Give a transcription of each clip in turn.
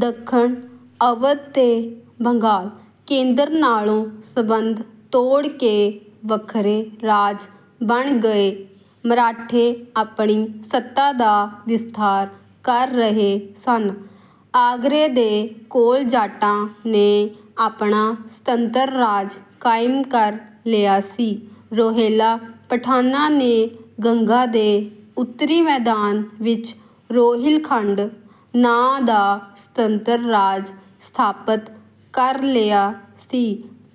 ਦੱਖਣ, ਅਵਧ ਤੇ ਬੰਗਾਲ, ਕੇਂਦਰ ਨਾਲੋਂ ਸੰਬੰਧ ਤੋੜ ਕੇ ਵੱਖਰੇ-ਰਾਜ ਬਣ ਗਏ। ਮਰਾਠੇ ਆਪਣੀ ਸੱਤਾ ਦਾ ਵਿਸਥਾਰ ਕਰ ਰਹੇ ਸਨ, ਆਗਰੇ ਦੇ ਕੋਲ ਜਾਟਾਂ ਨੇ ਆਪਣਾ ਸੁਤੰਤਰ-ਰਾਜ ਕਾਇਮ ਕਰ ਲਿਆ ਸੀ। ਰੋਹਿਲਾ ਪਠਾਨਾਂ ਨੇ ਗੰਗਾ ਦੇ ਉੱਤਰੀ ਮੈਦਾਨ ਵਿੱਚ ਰੋਹਿਲਖੰਡ ਨਾਂ ਦਾ ਸੁਤੰਤਰ-ਰਾਜ ਸਥਾਪਤ ਕਰ ਲਿਆ ਸੀ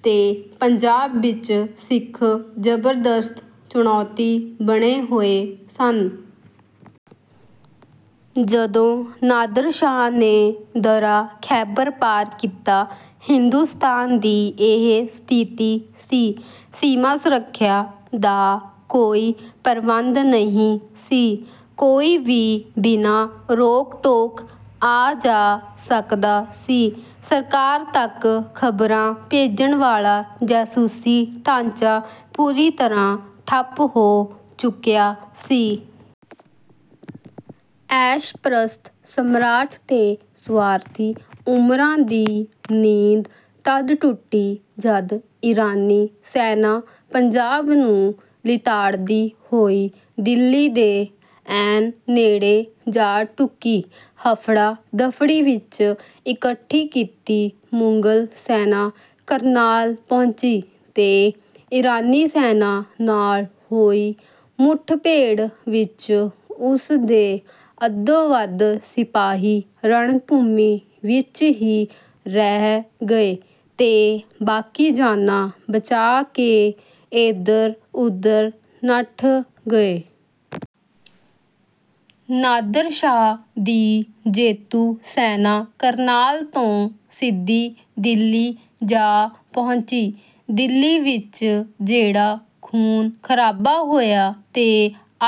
ਤੇ ਪੰਜਾਬ ਵਿੱਚ ਸਿੱਖ ਜ਼ਬਰਦਸਤ ਚੁਣੌਤੀ ਬਣੇ ਹੋਏ ਸਨ। ਜਦੋਂ ਨਾਦਰ ਸ਼ਾਹ ਨੇ ਦੱਰਾ ਖੈਬਰ ਪਾਰ ਕੀਤਾ, ਹਿੰਦੁਸਤਾਨ ਦੀ ਇਹ ਸਥਿਤੀ ਸੀ। ਸੀਮਾ-ਸੁਰੱਖਿਆ ਦਾ ਕੋਈ ਪ੍ਰਬੰਧ ਨਹੀਂ ਸੀ। ਕੋਈ ਵੀ ਬਿਨਾਂ ਰੋਕ-ਟੋਕ ਆ-ਜਾ ਸਕਦਾ ਸੀ। ਸਰਕਾਰ ਤੱਕ ਖਬਰਾਂ ਭੇਜਣ ਵਾਲਾ ਜਾਸੂਸੀ ਢਾਂਚਾ ਪੂਰੀ ਤਰ੍ਹਾਂ ਠੱਪ ਹੋ ਚੁੱਕਿਆ ਸੀ। ਐਸ਼-ਪ੍ਰਸਤ ਸਮਰਾਟ ਤੇ ਸੁਆਰਥੀ ਉਮਰਾ ਦੀ ਨੀਂਦ ਤਦ ਟੁੱਟੀ ਜਦ ਈਰਾਨੀ ਸੈਨਾ ਪੰਜਾਬ ਨੂੰ ਲਿਤਾੜਦੀ ਹੋਈ ਦਿੱਲੀ ਦੇ ਐਨ ਨੇੜੇ ਜਾ ਢੁੱਕੀ। ਹਫੜਾ-ਦਫੜੀ ਵਿੱਚ ਇਕੱਠੀ ਕੀਤੀ ਮੁਗਲ ਸੈਨਾ ਕਰਨਾਲ ਪਹੁੰਚੀ ਤੇ ਈਰਾਨੀ ਸੈਨਾ ਨਾਲ ਹੋਈ ਮੁੱਠ-ਭੇੜ ਵਿੱਚ ਉਸਦੇ ਅੱਧੋਂ ਵੱਧ ਸਿਪਾਹੀ ਰਣਭੂਮੀ ਵਿੱਚ ਹੀ ਰਹਿ ਗਏ ਤੇ ਬਾਕੀ ਜਾਨਾਂ ਬਚਾ ਕੇ ਏਧਰ-ਉਧਰ ਨੱਠ ਗਏ। ਨਾਦਰ ਸ਼ਾਹ ਦੀ ਜੇਤੂ ਸੈਨਾ ਕਰਨਾਲ ਤੋਂ ਸਿੱਧੀ ਦਿੱਲੀ ਜਾ ਪਹੁੰਚੀ। ਦਿੱਲੀ ਵਿੱਚ ਜਿਹੜਾ ਖੂਨ-ਖਰਾਬਾ ਹੋਇਆ ਤੇ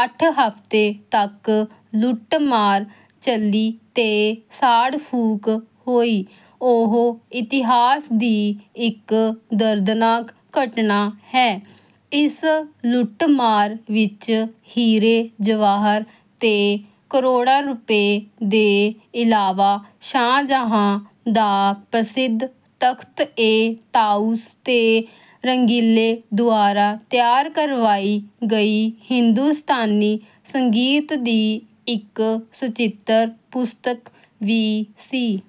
ਅੱਠ ਹਫ਼ਤੇ ਤੱਕ ਲੁੱਟ-ਮਾਰ ਚੱਲੀ ਤੇ ਸਾੜ-ਫੂਕ ਹੋਈ, ਉਹ ਇਤਿਹਾਸ ਦੀ ਇੱਕ ਦਰਦਨਾਕ ਘਟਨਾ ਹੈ। ਇਸ ਲੁੱਟ-ਮਾਰ ਵਿੱਚ ਹੀਰੇ-ਜਵਾਹਰ ਤੇ ਕਰੋੜਾਂ ਰੁਪਏ ਦੇ ਇਲਾਵਾ ਸ਼ਾਹਜਹਾਂ ਦਾ ਪ੍ਰਸਿੱਧ ਤਖ਼ਤ-ਏ-ਤਾਊਸ ਤੇ ਰੰਗੀਲੇ ਦੁਆਰਾ ਤਿਆਰ ਕਰਵਾਈ ਗਈ ਹਿੰਦੁਸਤਾਨੀ ਸੰਗੀਤ ਦੀ ਇੱਕ ਸਚਿੱਤਰ ਪੁਸਤਕ ਵੀ ਸੀ।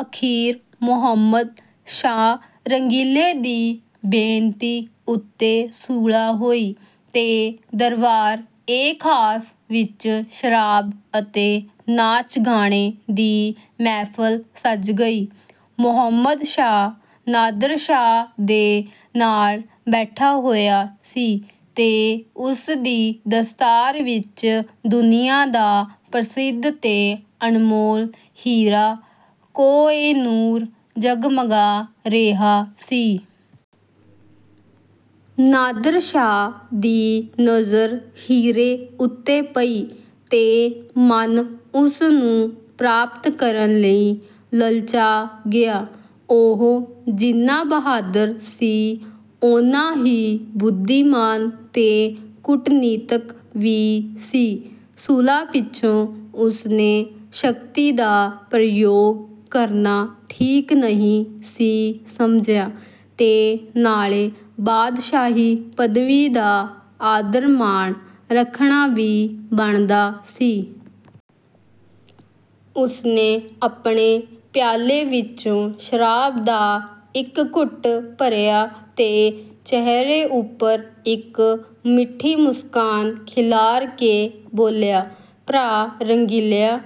ਅਖੀਰ ਮੁਹੰਮਦ ਸ਼ਾਹ ਰੰਗੀਲੇ ਦੀ ਬੇਨਤੀ ਉੱਤੇ ਸੁਲ੍ਹਾ ਹੋਈ ਤੇ ਦਰਬਾਰ-ਏ-ਖਾਸ ਵਿੱਚ ਸ਼ਰਾਬ ਅਤੇ ਨਾਚ-ਗਾਣੇ ਦੀ ਮਹਿਫਲ ਸਜ ਗਈ। ਮੁਹੰਮਦ ਸ਼ਾਹ, ਨਾਦਰ ਸ਼ਾਹ ਦੇ ਨਾਲ ਬੈਠਾ ਹੋਇਆ ਸੀ ਤੇ ਉਸ ਦੀ ਦਸਤਾਰ ਵਿੱਚ ਦੁਨੀਆਂ ਦਾ ਪ੍ਰਸਿੱਧ ਤੇ ਅਣਮੋਲ ਹੀਰਾ 'ਕੋਹ-ਏ-ਨੂਰ' ਜਗਮਗਾ ਰਿਹਾ ਸੀ। ਨਾਦਰ ਸ਼ਾਹ ਦੀ ਨਜ਼ਰ ਹੀਰੇ ਉੱਤੇ ਪਈ ਤੇ ਮਨ ਉਸ ਨੂੰ ਪ੍ਰਾਪਤ ਕਰਨ ਲਈ ਲਲਚਾ ਗਿਆ। ਉਹ ਜਿੰਨਾ ਬਹਾਦਰ ਸੀ, ਉਨ੍ਹਾਂ ਹੀ ਬੁੱਧੀਮਾਨ ਤੇ ਕੂਟਨੀਤਕ ਵੀ ਸੀ। ਸੁਲ੍ਹਾ ਪਿੱਛੋਂ ਉਸਨੇ ਸ਼ਕਤੀ ਦਾ ਪ੍ਰਯੋਗ ਕਰਨਾ ਠੀਕ ਨਹੀਂ ਸੀ ਸਮਝਿਆ ਤੇ ਨਾਲੇ ਬਾਦਸ਼ਾਹੀ-ਪਦਵੀ ਦਾ ਆਦਰ-ਮਾਣ ਰੱਖਣਾ ਵੀ ਬਣਦਾ ਸੀ। ਉਸਨੇ ਆਪਣੇ ਪਿਆਲੇ ਵਿੱਚੋਂ ਸ਼ਰਾਬ ਦਾ ਇੱਕ ਘੁੱਟ ਭਰਿਆ ਤੇ ਚਿਹਰੇ ਉੱਪਰ ਇੱਕ ਮਿੱਠੀ ਮੁਸਕਾਨ ਖਿਲਾਰ ਕੇ ਬੋਲਿਆ, "ਭਰਾ ਰੰਗੀਲਿਆ,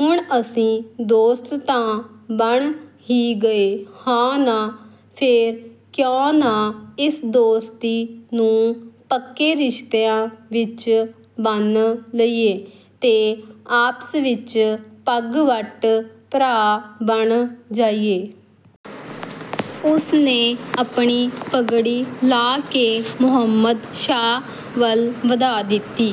ਹੁਣ ਅਸੀਂ ਦੋਸਤ ਤਾਂ ਬਣ ਹੀ ਗਏ ਹਾਂ ਨਾ? ਫੇਰ ਕਿਉਂ ਨਾ ਇਸ ਦੋਸਤੀ ਨੂੰ ਪੱਕੇ ਰਿਸ਼ਤਿਆਂ ਵਿੱਚ ਬੰਨ੍ਹ ਲਈਏ ਤੇ ਆਪਸ ਵਿੱਚ ਪੱਗ-ਵੱਟ ਭਰਾ ਬਣ ਜਾਈਏ?" ਉਸਨੇ ਆਪਣੀ ਪਗੜੀ ਲਾਹ ਕੇ ਮੁਹੰਮਦ ਸ਼ਾਹ ਵੱਲ ਵਧਾ ਦਿੱਤੀ।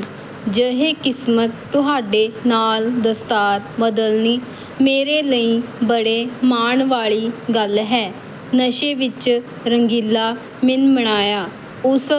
"ਜਹੇ ਕਿਸਮਤ! ਤੁਹਾਡੇ ਨਾਲ ਦਸਤਾਰ ਬਦਲਣੀ ਮੇਰੇ ਲਈ ਬੜੇ ਮਾਣ ਵਾਲੀ ਗੱਲ ਹੈ।" ਨਸ਼ੇ ਵਿੱਚ ਰੰਗੀਲਾ ਮਿਨਮਿਣਾਇਆ। ਉਸ